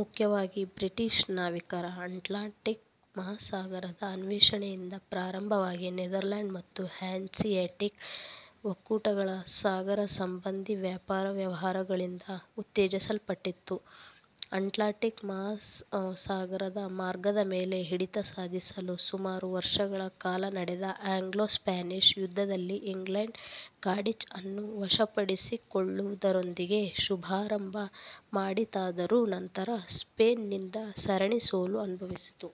ಮುಖ್ಯವಾಗಿ ಬ್ರಿಟೀಷ್ ನಾವಿಕರ ಅಟ್ಲಾಂಟಿಕ್ ಮಹಾಸಾಗರ ದ ಅನ್ವೇಷಣೆಯಿಂದ ಪ್ರಾರಂಭವಾಗಿ, ನೆದರ್ಲ್ಯಾಂಡ್ ಮತ್ತು ಹ್ಯಾನ್ಸಿಯಾಟಿಕ್ ಒಕ್ಕೂಟ ಗಳ ಸಾಗರ ಸಂಬಧೀ ವ್ಯಾಪಾರ ವ್ಯವಹಾರಗಳಿಂದ ಉತ್ತೇಜಿಸಲ್ಪಟ್ಟಿತು. ಅಟ್ಲಾಂಟಿಕ್ ಸಾಗರ ಮಾರ್ಗ ದ ಮೇಲೆ ಹಿಡಿತ ಸಾಧಿಸಲು ಸುಮಾರು ವರ್ಷಗಳ ಕಾಲ ನಡೆದ ಆಂಗ್ಲೋ-ಸ್ಪ್ಯಾನಿಶ್ ಯುದ್ಧದಲ್ಲಿ ಇಂಗ್ಲೆಂಡ್ ಕಾಡಿಜ್ ಅನ್ನು ವಶಪಡಿಸಿಕೊಳ್ಳುವುದರೊಂದಿಗೆ ಶುಭಾರಂಭ ಮಾಡಿತಾದರೂ, ನಂತರ ಸ್ಪ್ಯೇನ್ ನಿಂದ ಸರಣಿ ಸೊಲು ಅನುಭವಿಸಿತು.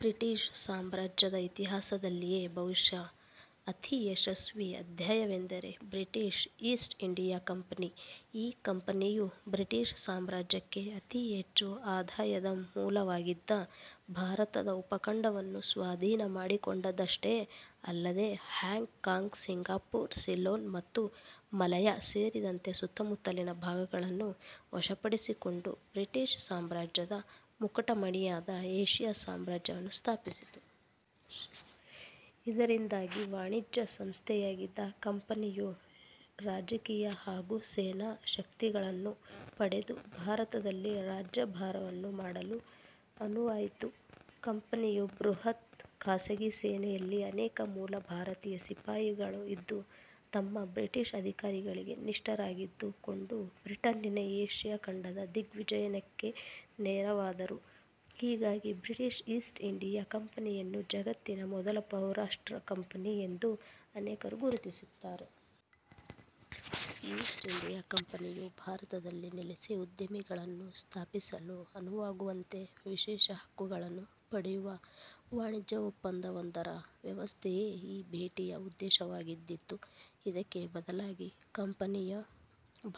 ಬ್ರಿಟೀಷ್ ಸಾಮ್ರಾಜ್ಯದ ಇತಿಹಾಸದಲ್ಲಿಯೇ ಬಹುಶ: ಅತಿ ಯಶಸ್ವೀ ಅಧ್ಯಾಯವೆಂದರೆ ಬ್ರಿಟೀಷ್ ಈಸ್ಟ್ ಇಂಡಿಯಾ ಕಂಪನಿ. ಈ ಕಂಪನಿಯು, ಬ್ರಿಟೀಷ್ ಸಾಮ್ರಾಜ್ಯಕ್ಕೆ ಅತಿ ಹೆಚ್ಚು ಆದಾಯದ ಮೂಲವಾಗಿದ್ದ, ಭಾರತ ದ ಉಪಖಂಡವನ್ನು ಸ್ವಾಧೀನ ಮಾಡಿಕೊಂಡದ್ದಷ್ಟೇ ಅಲ್ಲದೇ, ಹಾಂಗ್ ಕಾಂಗ್, ಸಿಂಗಪುರ, ಸಿಲೋನ್ ಮತ್ತು ಮಲಯಾ ಸೇರಿದಂತೆ ಸುತ್ತಮುತ್ತಲಿನ ಭಾಗಗಳನ್ನು ವಶಪಡಿಸಿಕೊಂಡು, ಬ್ರಿಟೀಷ್ ಸಾಮ್ರಾಜ್ಯದ ಮುಕುಟಮಣಿಯಾದ ಏಶಿಯಾ ಸಾಮ್ರಾಜ್ಯವನ್ನು ಸ್ಥಾಪಿಸಿತು. ಇದರಿಂದಾಗಿ, ವಾಣಿಜ್ಯ ಸಂಸ್ಥೆಯಾಗಿದ್ದ ಕಂಪನಿಯು, ರಾಜಕೀಯ ಹಾಗೂ ಸೇನಾ ಶಕ್ತಿಗಳನ್ನು ಪಡೆದು ಭಾರತದಲ್ಲಿ ರಾಜ್ಯಭಾರವನ್ನು ಮಾಡಲು ಅನುವಾಯಿತು. ಕಂಪನಿಯ ಬೃಹತ್ ಖಾಸಗಿ ಸೇನೆಯಲ್ಲಿ ಅನೇಕ ಮೂಲ ಭಾರತೀಯ ಸಿಪಾಯಿ ಗಳು ಇದ್ದು, ತಮ್ಮ ಬ್ರಿಟಿಷ್ ಅಧಿಕಾರಿಗಳಿಗೆ ನಿಷ್ಠರಾಗಿದ್ದುಕೊಂಡು, ಬ್ರಿಟನ್ನಿನ ಏಷಿಯಾ ಖಂಡದ ದಿಗ್ವಿಜಯಕ್ಕೆ ನೆರವಾದರು. ಹೀಗಾಗಿ ಬ್ರಿಟೀಷ್ ಈಸ್ಟ್ ಇಂಡಿಯಾ ಕಂಪನಿಯನ್ನು, ಜಗತ್ತಿನ ಮೊದಲ ಬಹುರಾಷ್ಟ್ರೀಯ ಕಂಪನಿ ಯೆಂದು ಅನೇಕರು ಗುರುತಿಸುತ್ತಾರೆ. ಈಸ್ಟ್ ಇಂಡಿಯಾ ಕಂಪನಿಯು ಭಾರತದಲ್ಲಿ ನೆಲೆಸಿ, ಉದ್ದಿಮೆಗಳನ್ನು ಸ್ಥಾಪಿಸಲು ಅನುವಾಗುವಂತೆ ವಿಶೇಷ ಹಕ್ಕುಗಳನ್ನು ಪಡೆಯುವ ವಾಣಿಜ್ಯ ಒಪ್ಪಂದವೊಂದರ ವ್ಯವಸ್ಥೆಯೇ ಈ ಭೇಟಿಯ ಉದ್ದೇಶವಾಗಿದ್ದಿತು. ಇದಕ್ಕೆ ಬದಲಾಗಿ ಕಂಪನಿಯು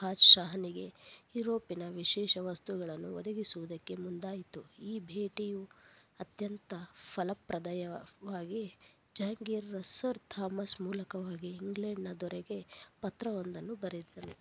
ಬಾದಷಾಹನಿಗೆ, ಯೂರೋಪಿನ ವಿಶೇಷ ವಸ್ತುಗಳನ್ನು ಒದಗಿಸುವುದಕ್ಕೆ ಮುಂದಾಯಿತು. ಈ ಭೇಟಿಯು ಅತ್ಯಂತ ಫಲಪ್ರದವಾಗಿ, ಜಹಾಂಗೀರನು ಸರ್ ಥಾಮಸನ ಮೂಲಕವಾಗಿ ಇಂಗ್ಲೆಂಡಿನ ದೊರೆಗೆ ಪತ್ರವೊಂದನ್ನು ಬರೆದನು.